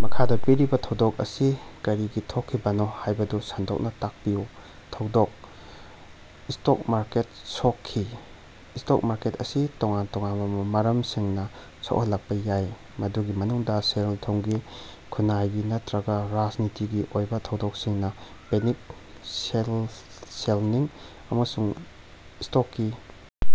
ꯃꯈꯥꯗ ꯄꯤꯔꯤꯕ ꯊꯧꯗꯣꯛ ꯑꯁꯤ ꯀꯔꯤꯒꯤ ꯊꯣꯛꯈꯤꯕꯅꯣ ꯍꯥꯏꯕꯗꯨ ꯁꯟꯗꯣꯛꯅ ꯇꯥꯛꯄꯤꯌꯨ꯫ ꯊꯧꯗꯣꯛ: ꯁ꯭ꯇꯣꯛ ꯃꯥꯔꯀꯦꯠ ꯁꯣꯛꯈꯤ꯫ ꯁ꯭ꯇꯣꯛ ꯃꯥꯔꯀꯦꯠ ꯑꯁꯤ ꯇꯣꯉꯥꯟ ꯇꯣꯉꯥꯟꯕ ꯃꯔꯝꯁꯤꯡꯅ ꯁꯣꯛꯍꯜꯂꯛꯄ ꯌꯥꯏ, ꯃꯗꯨꯒꯤ ꯃꯅꯨꯡꯗ ꯁꯦꯜ-ꯊꯨꯝꯒꯤ, ꯈꯨꯟꯅꯥꯏꯒꯤ ꯅꯠꯇꯔꯒ ꯔꯥꯖꯅꯤꯇꯤꯒꯤ ꯑꯣꯏꯕ ꯊꯧꯗꯣꯛꯁꯤꯡꯅ ꯄꯦꯅꯤꯛ ꯁꯦꯜꯂꯤꯡ ꯑꯃꯁꯨꯡ ꯁ꯭ꯇꯣꯛꯀꯤ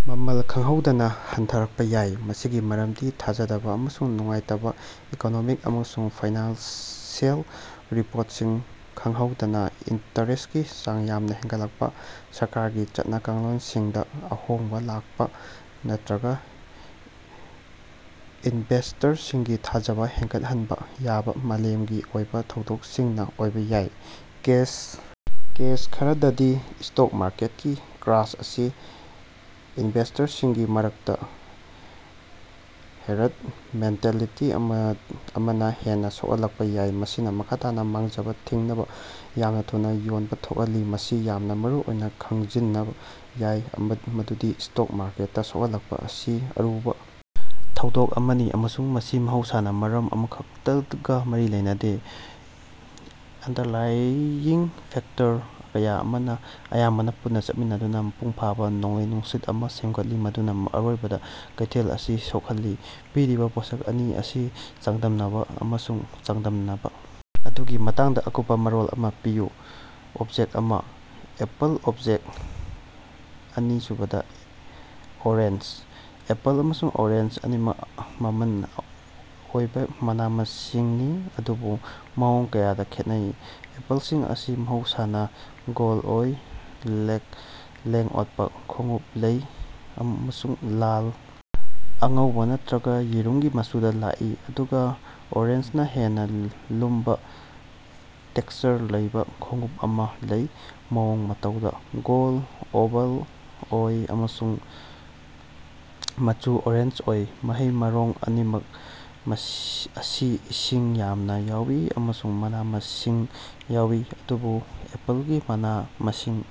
ꯃꯃꯜ ꯈꯪꯍꯧꯗꯅ ꯍꯟꯊꯔꯛꯄ ꯌꯥꯏ꯫ ꯃꯁꯤꯒꯤ ꯃꯔꯝꯗꯤ ꯊꯥꯖꯗꯕ ꯑꯃꯁꯨꯡ ꯅꯨꯡꯉꯥꯏꯇꯕ ꯏꯀꯣꯅꯣꯃꯤꯛ ꯑꯃꯁꯨꯡ ꯐꯥꯏꯅꯥꯟꯁꯤꯑꯦꯜ ꯔꯤꯄ꯭ꯣꯔꯠꯁꯤꯡ, ꯈꯪꯍꯧꯗꯅ ꯏꯟꯇꯔꯦꯁꯀꯤ ꯆꯥꯡ ꯌꯥꯝꯅ ꯍꯦꯒꯠꯂꯛꯄ, ꯁꯔꯀꯥꯔꯒꯤ ꯆꯠꯅ-ꯀꯥꯡꯂꯣꯅꯁꯤꯡꯗ ꯑꯍꯣꯡꯕ ꯂꯥꯀꯄ, ꯅꯠꯇꯔꯒ ꯏꯅꯚꯦꯁ꯭ꯇꯔꯁꯤꯡꯒꯤ ꯊꯥꯖꯕ ꯍꯦꯒꯠꯍꯟꯕ ꯌꯥꯕ ꯃꯥꯂꯦꯃꯒꯤ ꯑꯣꯏꯕ ꯊꯧꯗꯣꯛꯁꯤꯡꯅ ꯑꯣꯏꯕ ꯌꯥꯏ꯫ ꯀꯦꯁ ꯈꯔꯗꯗꯤ, ꯁ꯭ꯇꯣꯛ ꯃꯥꯔꯀꯦꯠꯀꯤ ꯀ꯭ꯔꯥꯁ ꯑꯁꯤ ꯏꯅꯚꯦꯁ꯭ꯇꯔꯁꯤꯡꯒꯤ ꯃꯔꯛꯇ ꯍꯦꯔ꯭ꯗ ꯃꯦꯟꯇꯦꯂꯤꯇꯤ ꯑꯃꯅ ꯍꯦꯟꯅ ꯁꯣꯛꯍꯜꯂꯛꯄ ꯌꯥꯏ, ꯃꯁꯤꯅ ꯃꯈꯥ ꯇꯥꯅ ꯃꯥꯡꯖꯕ ꯊꯤꯡꯅꯕ ꯌꯥꯝꯅ ꯊꯨꯅ ꯌꯣꯟꯕ ꯊꯣꯛꯍꯜꯂꯤ꯫ ꯃꯁꯤ ꯌꯥꯝꯅ ꯃꯔꯨꯑꯣꯏꯅ ꯈꯪꯖꯤꯅꯕ ꯌꯥꯏ ꯃꯗꯨꯗꯤ ꯁ꯭ꯇꯣꯛ ꯃꯥꯔꯀꯦꯠꯇ ꯁꯣꯛꯍꯜꯂꯛꯄ ꯑꯁꯤ ꯑꯔꯨꯕ ꯊꯧꯗꯣꯛ ꯑꯃꯅꯤ, ꯑꯃꯁꯨꯡ ꯃꯁꯤ ꯃꯍꯧꯁꯥꯅ ꯃꯔꯝ ꯑꯃꯈꯛꯇꯒ ꯃꯔꯤ ꯂꯩꯅꯗꯦ꯫ ꯑꯟꯗꯔꯂꯥꯏꯌꯤꯡ ꯐꯦꯛꯇꯔ ꯀꯌꯥ ꯑꯃꯅ ꯑꯌꯥꯝꯕꯅ ꯄꯨꯟꯅ ꯆꯠꯃꯤꯟꯅꯗꯨꯅ ꯃꯄꯨꯡ ꯐꯥꯕ ꯅꯣꯡꯂꯩ-ꯅꯨꯡꯁꯤꯠ ꯑꯃ ꯁꯦꯝꯒꯠꯂꯤ ꯃꯗꯨꯅ ꯑꯔꯣꯏꯕꯗ ꯀꯩꯊꯦꯜ ꯑꯁꯤ ꯁꯣꯈꯜꯂꯤ꯫ ꯄꯤꯔꯤꯕ ꯄꯣꯠꯁꯛ ꯑꯅꯤ ꯑꯁꯤ ꯆꯥꯡꯗꯝꯅꯕ ꯑꯃꯁꯨꯡ ꯆꯥꯡꯗꯝꯅꯕ ꯑꯗꯨꯒꯤ ꯃꯇꯥꯡꯗ ꯑꯀꯨꯞꯄ ꯃꯔꯣꯜ ꯑꯃ ꯄꯤꯌꯨ ꯑꯣꯕꯖꯦꯛ ꯑꯃ ꯑꯦꯄꯜ ꯑꯣꯕꯖꯦꯛ ꯑꯅꯤ ꯑꯣꯔꯦꯟꯖ ꯑꯦꯄꯜ ꯑꯃꯁꯨꯡ ꯑꯣꯔꯦꯟꯖ ꯑꯅꯤꯃꯛ ꯀꯃꯟ ꯑꯣꯏꯕ ꯃꯅ-ꯃꯁꯤꯡꯅꯤ ꯑꯗꯨꯕꯨ ꯃꯑꯣꯡ ꯀꯌꯥꯗ ꯈꯦꯠꯅꯩ ꯑꯦꯄꯜꯁꯤꯡ ꯑꯁꯤ ꯃꯍꯧꯁꯥꯅ ꯒꯣꯜꯗ ꯑꯣꯏ ꯂꯦꯡ-ꯑꯣꯠꯄ ꯈꯣꯡꯎꯞ ꯂꯩ ꯑꯃꯁꯨꯡ ꯂꯥꯜ ꯑꯉꯧꯕꯥ ꯅꯠꯇꯔꯒꯥ ꯌꯦꯔꯨꯝꯒꯤ ꯃꯆꯨꯗ ꯂꯥꯛꯏ, ꯑꯗꯨꯒ ꯑꯣꯔꯦꯟꯖꯅ ꯍꯦꯟꯅ ꯂꯨꯝꯕ ꯇꯦꯛꯁꯆꯔ ꯂꯩꯕ ꯈꯣꯡꯎꯞ ꯑꯃ ꯂꯩ ꯃꯑꯣꯡ ꯃꯇꯧꯗ ꯒꯣꯜꯗ ꯑꯣꯚꯜ ꯑꯣꯏ ꯑꯃꯁꯨꯡ ꯃꯆꯨ ꯑꯣꯔꯦꯟꯖ ꯑꯣꯏ ꯃꯍꯩ ꯃꯔꯣꯡ ꯑꯅꯤꯃꯛ ꯑꯁꯤ ꯏꯁꯤꯡ ꯌꯥꯝꯅ ꯌꯥꯎꯏ ꯑꯃꯁꯨꯡ ꯃꯅꯥ-ꯃꯁꯤꯡ ꯌꯥꯎꯏ ꯑꯗꯨꯕꯨ ꯑꯦꯄꯜꯒꯤ ꯃꯅꯥ-ꯃꯁꯤꯡ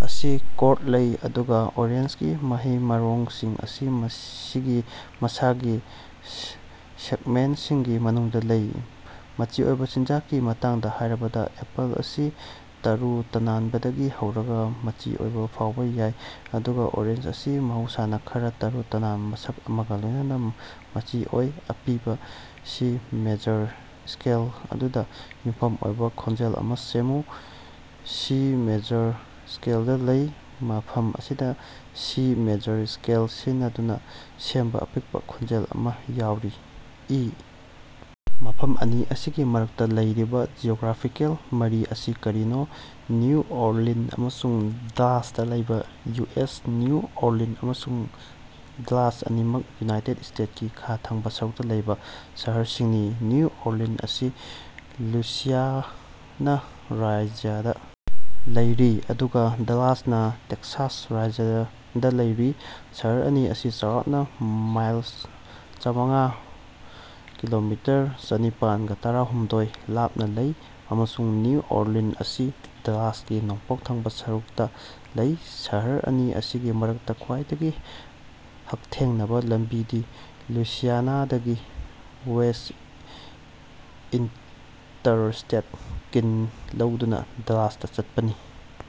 ꯑꯁꯤ ꯀꯣꯔ꯭ꯗ ꯂꯩ, ꯑꯗꯨꯒꯥ ꯑꯣꯔꯦꯟꯖꯒꯤ ꯃꯍꯩ-ꯃꯔꯣꯡꯁꯤꯡ ꯑꯁꯤ ꯃꯁꯤꯒꯤ ꯃꯁꯥꯒꯤ ꯁꯦꯒꯃꯦꯟꯇꯁꯤꯡꯒꯤ ꯃꯅꯨꯡꯗ ꯂꯩ꯫ ꯃꯆꯤ ꯑꯣꯏꯕ ꯆꯤꯟꯖꯥꯛꯀꯤ ꯃꯇꯥꯡꯗ ꯍꯥꯏꯔꯕꯗ, ꯑꯦꯄꯜ ꯑꯁꯤ ꯇꯔꯨ ꯇꯅꯥꯟꯕꯗꯒꯤ ꯍꯧꯔꯒ ꯃꯆꯤ ꯑꯣꯏꯕ ꯐꯥꯎꯕ ꯌꯥꯏ ꯑꯗꯨꯒ ꯑꯣꯔꯦꯟꯖ ꯑꯁꯤ ꯃꯍꯧꯁꯥꯅ ꯈꯔꯥ ꯇꯔꯨ ꯇꯅꯥꯟꯕ ꯃꯁꯛ ꯑꯃꯒ ꯂꯣꯏꯅꯅꯥ ꯃꯆꯤ ꯑꯣꯏ꯫ ꯑꯄꯤꯕ ꯁꯤ ꯃꯦꯖꯔ ꯁ꯭ꯀꯦꯜ ꯑꯗꯨꯗ ꯌꯨꯝꯐꯝ ꯑꯣꯏꯕ ꯈꯣꯟꯖꯦꯜ ꯑꯃ ꯁꯦꯝꯃꯨ꯫ ꯁꯤ ꯃꯦꯖꯔ ꯁ꯭ꯀꯦꯂꯗ ꯂꯩ꯫ ꯃꯐꯝ ꯑꯁꯤꯗ ꯁꯤ ꯃꯦꯖꯔ ꯁ꯭ꯀꯦꯜ ꯁꯤꯖꯤꯟꯅꯗꯨꯅ ꯁꯦꯝꯕ ꯑꯄꯤꯛꯄ ꯈꯣꯟꯖꯦꯜ ꯑꯃ ꯌꯥꯎꯔꯤ: ꯏ. ꯃꯐꯝ ꯑꯅꯤ ꯑꯁꯤꯒꯤ ꯃꯔꯛꯇꯥ ꯂꯩꯔꯤꯕ ꯖꯤꯑꯣꯒ꯭ꯔꯥꯐꯤꯀꯦꯜ ꯃꯔꯤ ꯑꯁꯤ ꯀꯔꯤꯅꯣ? ꯅ꯭ꯌꯨ ꯑꯣꯔꯂꯤꯟ ꯑꯃꯁꯨꯡ ꯗꯂꯥꯁꯇꯥ ꯂꯩꯕꯥ ꯌꯨ. ꯑꯦꯁ ꯅ꯭ꯌꯨ ꯑꯣꯔꯂꯤꯟ ꯑꯃꯁꯨꯡ ꯗꯂꯥꯁ ꯑꯅꯤꯃꯛ ꯌꯨꯅꯥꯏꯇꯦꯗ ꯁ꯭ꯇꯦꯇꯁꯀꯤ ꯈꯥ ꯊꯪꯕꯥ ꯁꯔꯨꯛꯇ ꯂꯩꯕ ꯁꯍꯔꯁꯤꯡꯅꯤ꯫ ꯅ꯭ꯌꯨ ꯑꯣꯔꯂꯤꯟ ꯑꯁꯤ ꯂꯨꯏꯁꯤꯌꯥꯅꯥ ꯔꯥꯖ꯭ꯌꯗ ꯂꯩꯔꯤ ꯑꯗꯨꯒ ꯗꯂꯥꯁꯅ ꯇꯦꯛꯁꯥꯁ ꯔꯥꯖ꯭ꯌꯗ ꯂꯩꯔꯤ꯫ ꯁꯍꯔ ꯑꯅꯤ ꯑꯁꯤ ꯆꯥꯎꯔꯥꯛꯅ ꯃꯥꯏꯜ ꯆꯥꯝꯉꯒ ꯃꯉꯥ (ꯀꯤꯂꯣꯃꯤꯇꯔ ꯆꯅꯤꯄꯥꯟꯒ ꯇꯔꯥ ꯍꯨꯝꯗꯣꯏ) ꯂꯥꯞꯅ ꯂꯩ, ꯑꯃꯁꯨꯡ ꯅ꯭ꯌꯨ ꯑꯣꯔꯂꯤꯟ ꯑꯁꯤ ꯗꯂꯥꯁꯀꯤ ꯅꯣꯡꯄꯣꯛ ꯊꯪꯕꯥ ꯁꯔꯨꯛꯇꯥ ꯂꯩ꯫ ꯁꯍꯔ ꯑꯅꯤ ꯑꯁꯤꯒꯤ ꯃꯔꯛꯇꯥ ꯈ꯭ꯋꯥꯏꯗꯒꯤ ꯍꯛꯊꯦꯡꯅꯕ ꯂꯝꯕꯤꯗꯤ ꯂꯨꯏꯁꯤꯌꯥꯅꯥꯗꯒꯤ ꯋꯦꯁ꯭ꯠ ꯏꯟꯇꯔꯁ꯭ꯇꯦꯠ ꯀꯤꯟ ꯂꯧꯗꯨꯅ ꯗꯂꯥꯁꯇꯥ ꯆꯠꯄꯅꯤ꯫